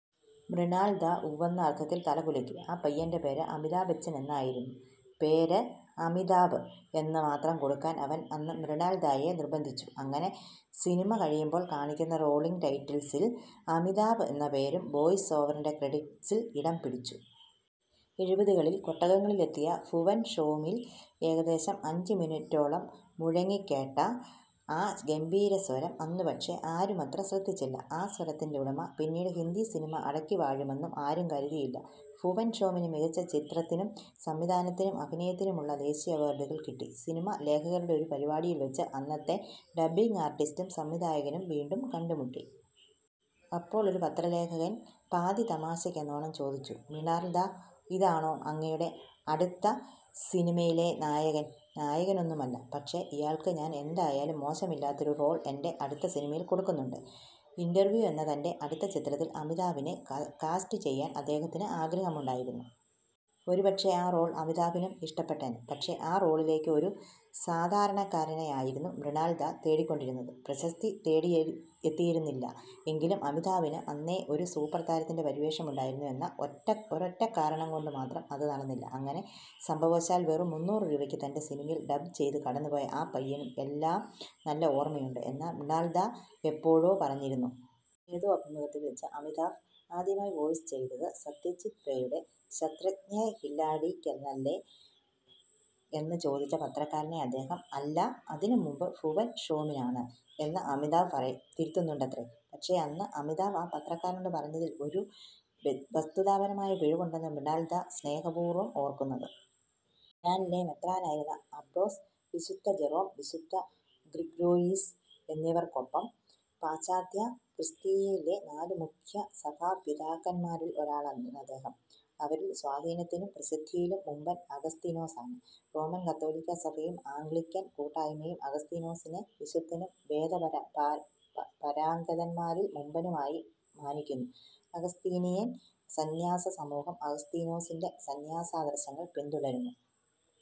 " മൃണാൾ ദാ ഉവ്വെന്ന അർത്ഥത്തിൽ തലകുലുക്കി. ആ പയ്യന്റെ പേര് അമിതാഭ് ബച്ചൻ എന്നായിരുന്നു. പേര് ' അമിതാഭ് ' എന്ന് മാത്രം കൊടുക്കാൻ അവൻ അന്ന് മൃണാൾ ദായെ നിർബന്ധിച്ചു. അങ്ങനെ സിനിമ കഴിയുമ്പോൾ കാണിക്കുന്ന റോളിങ്ങ് ടൈറ്റിൽസിൽ ' അമിതാഭ് ' എന്ന പേരും വോയ്സ് ഓവറിന്റെ ക്രെഡിറ്റ്സിൽ ഇടം പിടിച്ചു. എഴുപതുകളിൽ കൊട്ടകകളിലെത്തിയ ഭുവൻ ഷോമിൽ ഏകദേശം അഞ്ചുമിനിറ്റോളം മുഴങ്ങിക്കേട്ട ആ ഗംഭീര സ്വരം അന്നുപക്ഷേ ആരുമത്ര ശ്രദ്ധിച്ചില്ല. ആ സ്വരത്തിന്റെ ഉടമ പിന്നീട് ഹിന്ദി സിനിമ അടക്കിവാഴുമെന്നും ആരും കരുതിയില്ല. ഭുവൻ ഷോമിന് മികച്ച ചിത്രത്തിനും സംവിധാനത്തിനും അഭിനയത്തിനും ഉള്ള ദേശീയ അവാർഡുകൾ കിട്ടി. സിനിമാ ലേഖകരുടെ ഒരു പരിപാടിയിൽ വെച്ച് അന്നത്തെ ഡബ്ബിങ്ങ് ആർട്ടിസ്റ്റും സംവിധായകനും വീണ്ടും കണ്ടുമുട്ടി. അപ്പോൾ ഒരു പത്ര ലേഖകൻ പാതി തമാശയ്ക്കെന്നോണം ചോദിച്ചു, " മൃണാൾ ദാ, ഇതാണോ അങ്ങയുടെ അടുത്ത സിനിമയിലെ നായകൻ..? "" നായകനൊന്നുമല്ല.. പക്ഷേ, ഇയാൾക്ക് ഞാൻ എന്തായാലും മോശമില്ലാത്തൊരു റോൾ എന്റെ അടുത്ത സിനിമയിൽ കൊടുക്കുന്നുണ്ട്.. "' ഇൻറർവ്യൂ ' എന്ന തന്റെ അടുത്ത ചിത്രത്തിൽ അമിതാഭിനെ കാസ്റ്റുചെയ്യാൻ അദ്ദേഹത്തിന് ആഗ്രഹമുണ്ടായിരുന്നു. ഒരുപക്ഷേ ആ റോൾ അമിതാഭിനും ഇഷ്ടപ്പെട്ടേനെ.. പക്ഷേ, ആ റോളിലേക്ക് ഒരു സാധാരണക്കാരനെയായിരുന്നു മൃണാൾ ദാ തേടിക്കൊണ്ടിരുന്നത്. പ്രശസ്തി തേടിയെത്തിയിരുന്നില്ല എങ്കിലും, അമിതാഭിന് അന്നേ ഒരു സൂപ്പർ താരത്തിന്റെ പരിവേഷമുണ്ടായിരുന്നു എന്ന ഒരൊറ്റക്കാരണം കൊണ്ടുമാത്രം അത് നടന്നില്ല. അങ്ങനെ സംഭവശാൽ വെറും മുന്നൂറു രൂപയ്ക്ക് തന്റെ സിനിമയിൽ ഡബ്ബ് ചെയ്ത് കടന്നുപോയ ആ പയ്യനും എല്ലാം നല്ല ഓർമ്മയുണ്ട് എന്ന മൃണാൾദാ എപ്പോഴോ പറഞ്ഞിരുന്നു. ഏതോ അഭിമുഖത്തിൽ വെച്ച് അമിതാഭ് ആദ്യമായി വോയ്സ് ഓവർ ചെയ്തത് സത്യജിത് റേയുടെ " ശത്രഞ്ജ് കേ ഖിലാഡി " യ്ക്കല്ലേ എന്ന് ചോദിച്ച പത്രക്കാരനെ അദ്ദേഹം " അല്ല, അതിനും മുമ്പ് ഭുവൻ ഷോമിനാണ് " എന്ന് അമിതാഭ് തിരുത്തുന്നുണ്ടത്രേ. പക്ഷേ, അന്ന് അമിതാഭ് ആ പത്രക്കാരനോട് പറഞ്ഞതിൽ ഒരു വസ്തുതാപരമായ പിഴവുണ്ടെന്ന് മൃണാൾ ദാ സ്നേഹപൂർവ്വം ഓർക്കുന്നത്.. മിലാനിലെ മെത്രാനായിരുന്ന അബ്രോസ്, വിശുദ്ധ ജെറോം, വിശുദ്ധ ഗ്രിഗോരിയോസ് എന്നിവർക്കൊപ്പം പാശ്ചാത്യക്രിസ്തീയതയിലെ നാലു മുഖ്യസഭാപിതാക്കന്മാരിൽ ഒരാളാണ് അദ്ദേഹം. അവരിൽ സ്വാധീനത്തിലും പ്രസിദ്ധിയിലും മുമ്പൻ അഗസ്തീനോസാണ്. റോമൻ കത്തോലിക്കാ സഭയും ആംഗ്ലിക്കൻ കൂട്ടായ്മയും അഗസ്തീനോസിനെ വിശുദ്ധനും വേദപാരംഗതന്മാരിൽ മുമ്പനും ആയി മാനിക്കുന്നു. അഗസ്തീനിയൻ സന്യാസസമൂഹം ആഗസ്തീനോസിന്റെ സന്യാസാദർശങ്ങൾ പിന്തുടരുന്നു.